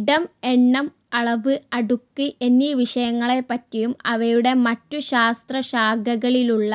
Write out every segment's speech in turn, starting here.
ഇടം, എണ്ണം, അളവ്, അടുക്ക് എന്നീ വിഷയങ്ങളെപ്പറ്റിയും അവയുടെ മറ്റു ശാസ്ത്രശാഖകളിലുള്ള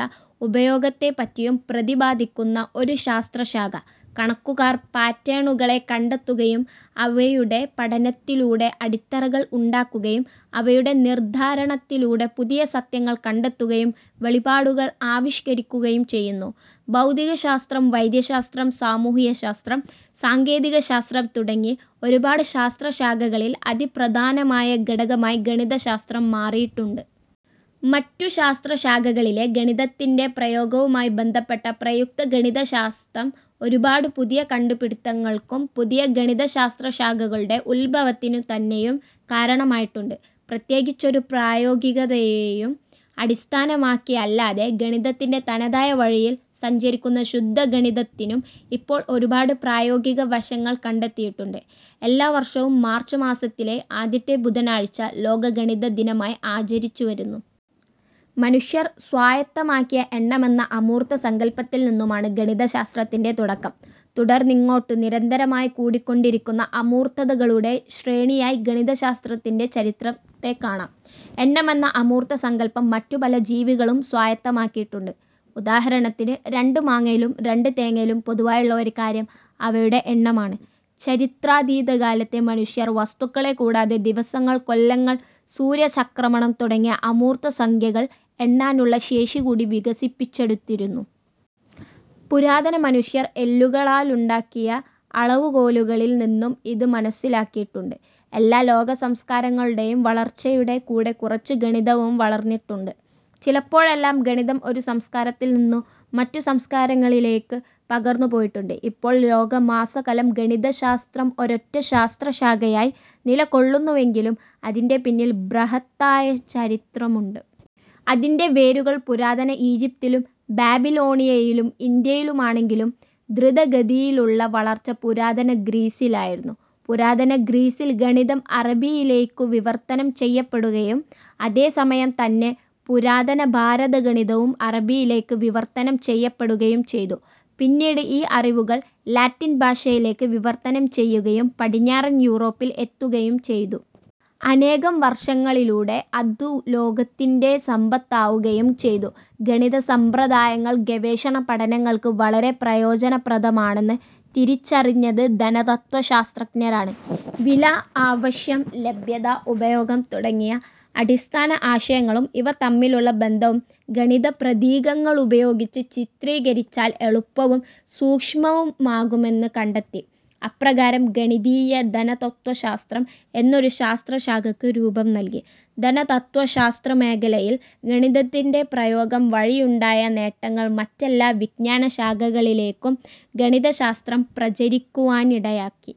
പ്രയോഗത്തെപ്പറ്റിയും പ്രതിപാദിക്കുന്ന ഒരു ശാസ്ത്രശാഖ.. കണക്കുകാർ പാറ്റേണുകളെ കണ്ടെത്തുകയും, അവയുടെ പഠനത്തിലൂടെ അടിത്തറകൾ ഉണ്ടാക്കുകയും, അവയുടെ നിർധാരണത്തിലൂടെ പുതിയ സത്യങ്ങൾ കണ്ടെത്തുകയും വെളിപാടുകൾ ആവിഷ്കരിക്കുകയും ചെയ്യുന്നു. ഭൗതികശാസ്ത്രം, വൈദ്യശാസ്ത്രം, സാമൂഹ്യശാസ്ത്രം, സാങ്കേതികശാസ്ത്രം തുടങ്ങി ഒരുപാടു ശാസ്ത്രശാഖകളിൽ അതിപ്രധാനമായ ഘടകമായി ഗണിതശാസ്ത്രം മാറിയിട്ടുണ്ട്. മറ്റു ശാസ്ത്രശാഖകളിലെ ഗണിതത്തിന്റെ പ്രയോഗവുമായി ബന്ധപ്പെട്ട പ്രയുക്ത ഗണിതശാസ്തം, ഒരുപാടു പുതിയ കണ്ടുപിടിത്തങ്ങൾക്കും, പുതിയ ഗണിതശാസ്ത്രശാഖകളുടെ ഉത്ഭവത്തിനു തന്നെയും കാരണമായിട്ടുണ്ട്. പ്രത്യേകിച്ചൊരു പ്രായോഗികതയെയും അടിസ്ഥാനമാക്കിയല്ലാതെ ഗണിതത്തിന്റെ തനതായ വഴിയിൽ സഞ്ചരിക്കുന്ന ശുദ്ധ ഗണിതത്തിനും ഇപ്പോൾ ഒരുപാട് പ്രായോഗിക വശങ്ങൾ കണ്ടെത്തിയിട്ടുണ്ട്. എല്ലാ വർഷവും മാർച്ച് മാസത്തിലെ ആദ്യത്തെ ബുധനാഴ്ച ലോക ഗണിത ദിനമായി ആചരിച്ചു വരുന്നു. മനഷ്യർ സ്വായത്തമാക്കിയ എണ്ണമെന്ന അമൂർത്ത സങ്കല്പത്തിൽ നിന്നുമാണ് ഗണിതശാസ്ത്രത്തിന്റെ തുടക്കം. തുടർന്നിങ്ങോട്ടു് നിരന്തരമായി കൂടിക്കൊണ്ടിരിക്കുന്ന അമൂർത്തതതകളുടെ ശ്രേണിയായി ഗണിതശാസ്ത്രത്തിന്റെ ചരിത്രത്തെ കാണാം. എണ്ണമെന്ന അമൂർത്ത സങ്കല്പം മറ്റുപല ജീവികളും സ്വായത്തമാക്കിയിട്ടുണ്ട്. ഉദാഹരണത്തിന് രണ്ട് മാങ്ങയിലും, രണ്ട് തേങ്ങയിലും പൊതുവായുള്ള ഒരു കാര്യം അവയുടെ എണ്ണമാണ്. ചരിത്രാതീതകാലത്തെ മനുഷ്യർ വസ്തുക്കളെ കൂടാതെ, ദിവസങ്ങൾ, കൊല്ലങ്ങൾ, സൂര്യചക്രമണം തുടങ്ങിയ അമൂർത്ത സംഖ്യകൾ എണ്ണാനുള്ള ശേഷികൂടി വികസിപ്പിച്ചെടുത്തിരുന്നു. പുരാതന മനുഷ്യർ എല്ലുകളാലുണ്ടാക്കിയ അളവുകോലുകളിൽ നിന്നും ഇതു് മനസ്സിലാക്കിയിട്ടുണ്ട് എല്ലാ ലോക സംസ്ക്കാരങ്ങളുടെയും വളർച്ചയുടെ കൂടെ കുറച്ചു ഗണിതവും വളർന്നിട്ടുണ്ട്. ചിലപ്പോഴെല്ലാം, ഗണിതം ഒരു സംസ്ക്കാരത്തിൽ നിന്നു മറ്റു സംസ്ക്കാരങ്ങളിലേയ്ക്കു പകർന്നു പോയിട്ടുണ്ട്. ഇപ്പോൾ ലോകമാസകലം ഗണിതശാസ്ത്രം ഒരൊറ്റ ശാസ്ത്രശാഖയായി നിലകൊള്ളുന്നുവെങ്കിലും, അതിന്റെ പിന്നിൽ ബൃഹത്തായ ചരിത്രമുണ്ട്. അതിന്റെ വേരുകൾ പുരാതന ഈജിപ്തിലും, ബാബിലോണിയയിലും, ഇന്ത്യയിലുമാണെങ്കിലും, ധൃതഗതിയിലുള്ള വളർച്ച പുരാതന ഗ്രീസിലായിരുന്നു. പുരാതന ഗ്രീസിൽ ഗണിതം അറബിയിലേയ്ക്കു വിവർത്തനം ചെയ്യപ്പെടുകയും, അതേ സമയം തന്നെ പുരാതനഭാരത ഗണിതവും അറബിയിലേക്ക് വിവർത്തനം ചെയ്യപ്പെടുകയും ചെയ്തു. പിന്നീടു് ഈ അറിവുകൾ ലാറ്റിൻ ഭാഷയിലേക്ക് വിവർത്തനം ചെയ്യുകയും പടിഞ്ഞാറൻ യൂറോപ്പിൽ എത്തുകയും ചെയ്തു. അനേകം വർഷങ്ങളിലൂടെ അതു ലോകത്തിന്റെ സമ്പത്താവുകയും ചെയ്തു. ഗണിതസമ്പ്രദായങ്ങൾ ഗവേഷണപഠനങ്ങൾക്ക് വളരെ പ്രയോജനപ്രദമാണെന്ന് തിരിച്ചറിഞ്ഞത് ധനതത്വശാസ്ത്രജ്ഞരാണ്. വില, ആവശ്യം, ലഭ്യത, ഉപയോഗം തുടങ്ങിയ അടിസ്ഥാന ആശയങ്ങളും ഇവ തമ്മിലുള്ള ബന്ധവും ഗണിതപ്രതീകങ്ങളുപയോഗിച്ച് ചിത്രീകരിച്ചാൽ എളുപ്പവും സൂക്ഷ്മവുമാകുമെന്ന് കണ്ടെത്തി. അപ്രകാരം ഗണിതീയ ധനതത്വശാസ്ത്രം എന്നൊരു ശാസ്ത്രശാഖക്ക് രൂപം നൽകി. ധനതത്വശാസ്ത്രമേഖലയിൽ ഗണിതത്തിന്റെ പ്രയോഗം വഴിയുണ്ടായ നേട്ടങ്ങൾ മറ്റെല്ലാ വിജ്ഞാനശാഖകളിലേക്കും ഗണിതശാസ്ത്രം പ്രചരിക്കുവാനിടയാക്കി.